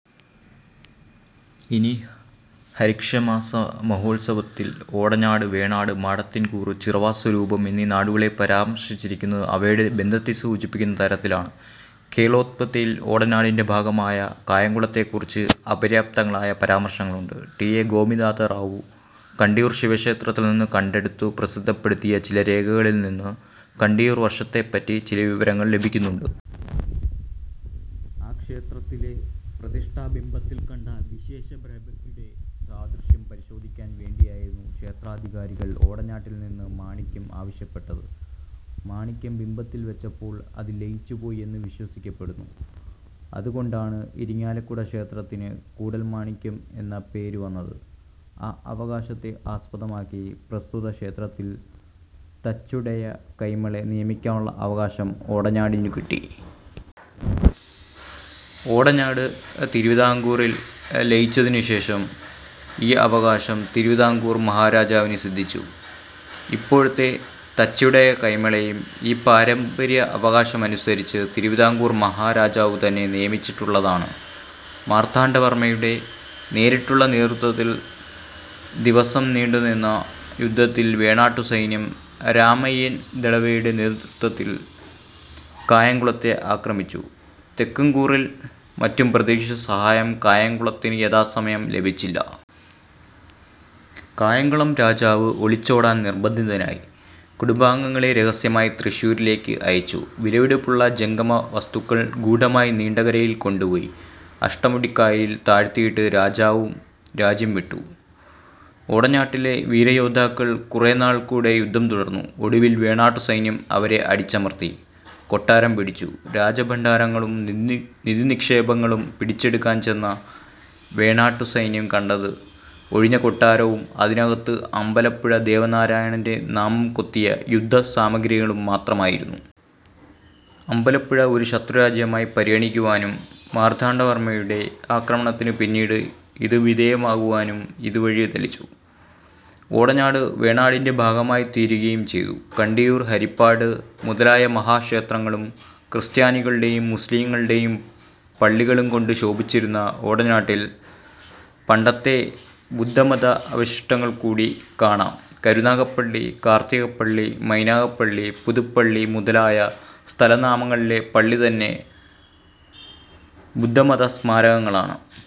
ഇനി ഹര്യക്ഷമാസ്സമരോത്സവത്തിൽ ഓടനാട്, വേണാട്, മാടത്തിൻകൂറ്, ചിറവാസ്വരൂപം എന്നീ നാടുകളെ പരാമർശിച്ചിരിക്കുന്നത് അവയുടെ ബന്ധത്തെ സൂചിപ്പിക്കുന്ന തരത്തിലാണ്. കേരളോത്പത്തിയിൽ ഓടനാടിന്റെ ഭാഗമായ കായംകുളത്തെകുറിച്ച് അപര്യാപ്തങ്ങളായ പരാമർശങ്ങളുണ്ട്. ടി. എ. ഗോപിനാഥറാവു കണ്ടിയൂർ ശിവക്ഷേത്രത്തിൽ നിന്നു കണ്ടെടുത്തു പ്രസിദ്ധപ്പെടുത്തിയ ചില രേഖകളിൽ നിന്ന് കണ്ടിയൂർ വർഷത്തെപ്പറ്റി ചില വിവരങ്ങൾ ലഭിക്കുന്നുണ്ട്. ആ ക്ഷേത്രത്തിലെ പ്രതിഷ്ഠാബിംബത്തിൽ കണ്ട വിശേഷ പ്രഭയുടെ സാദൃശ്യം പരിശോധിക്കാൻ വേണ്ടിയായിരുന്നു ക്ഷേത്രാധികാരികൾ ഓടനാട്ടിൽ നിന്ന് മാണിക്യം ആവശ്യപ്പെട്ടത്. മാണിക്യം ബിംബത്തിൽ വച്ചപ്പോൾ അതിൽ ലയിച്ചുപോയി എന്നു വിശ്വസിക്കപ്പെടുന്നു. അതുകൊണ്ടാണ് ഇരിങ്ങാലക്കുട ക്ഷേത്രത്തിന് കൂടൽമാണിക്യം എന്ന പേരു വന്നത്. ആ അവകാശത്തെ ആസ്പദമാക്കി പ്രസ്തുത ക്ഷേത്രത്തിൽ തച്ചുടയകൈമളെ നിയമിക്കാനുള്ള അവകാശം ഓടനാടിനു കിട്ടി. ഓടനാടു തിരുവിതാംകൂറിൽ ലയിച്ചതിനുശേഷം ഈ അവകാശം തിരുവിതാംകൂർ മഹാരാജാവിന് സിദ്ധിച്ചു. ഇപ്പോഴത്തെ തച്ചുടയകൈമളെയും ഈ പാരമ്പര്യാവകാശമനുസരിച്ച് തിരുവിതാംകൂർ മഹാരാജാവുതന്നെ നിയമിച്ചിട്ടുള്ളതാണ്. മാർത്താണ്ഡവർമയുടെ നേരിട്ടുള്ള നേതൃത്വത്തിൽ ദിവസം നീണ്ടുനിന്ന യുദ്ധത്തിൽ വേണാട്ടുസൈന്യം രാമയ്യൻ ദളവായുടെ നേതൃത്വവത്തിൽ കായംകുളത്തെ ആക്രമിച്ചു. തെക്കുംകൂറിൽനിന്നും മറ്റും പ്രതീക്ഷിച്ച സഹായം കായംകുളത്തിനു യഥാസമയം ലഭിച്ചില്ല. കായംകുളം രാജാവ് ഒളിച്ചോടാൻ നിർബ്ദന്ധിതനായി. കുടുബാംഗങ്ങളെ രഹസ്യമായി തൃശ്ശൂരിലേക്ക് അയച്ചു. വിലപിടിപ്പുള്ള ജംഗമ വസ്തുക്കൾ ഗൂഢമായി നീണ്ടകരയിൽ കൊണ്ടുപോയി അഷ്ടമുടിക്കായലിൽ താഴ്ത്തിയിട്ട് രജാവും രജ്യം വിട്ടു. ഓടനാട്ടിലെ വീരയോദ്ധാക്കൾ കുറേനാൾ കൂടെ യുദ്ധം തുടർന്നു. ഒടുവിൽ വേണാട്ടുസൈന്യം അവരെ അടിച്ചമർത്തി. കൊട്ടാരം പിടിച്ചു. രാജഭണ്ഡാരങ്ങളും നിധിനിക്ഷേപങ്ങളും പിടിച്ചെടുക്കാൻ ചെന്ന വേണാട്ടുസൈന്യം കണ്ടത് ഒഴിഞ്ഞകൊട്ടാരവും അതിനകത്ത് അമ്പലപ്പുഴ ദേവനാരായണന്റെ നാമം കൊത്തിയ യുദ്ധസാമഗ്രികളും മത്രമായിരുന്നു. അമ്പലപ്പുഴ ഒരു ശത്രുരാജ്യമായി പരിഗണിക്കുവാനും മാർത്താണ്ഡവർമയുടെ ആക്രമണത്തിനു പിന്നീടു വിധേയമാകുവാനും ഇതു വഴി തെളിച്ചു. ഓടനാട് വേണാടിന്റെ ഭാഗമായിത്തീരുകയും ചെയ്തു. കണ്ടിയൂർ, ഹരിപ്പാട് മുതലായ മഹാക്ഷേത്രങ്ങളും ക്രിസ്ത്യാനികളുടെയും, മുസ്ലീങ്ങളുടെയും പള്ളികളുംകൊണ്ട് ശോഭിച്ചിരുന്ന ഓടനാട്ടിൽ പണ്ടത്തെ ബുദ്ധമതാവശിഷ്ടങ്ങൾകൂടി കാണാം. കരുനാഗപ്പള്ളി, കാർതികപ്പള്ളി, മൈനാഗപ്പള്ളി, പുതുപ്പള്ളി മുതലായ സ്ഥലനാമങ്ങളിലെ പള്ളിതന്നെ ബുദ്ധമതാനുസ്മാരകങ്ങളാണ്.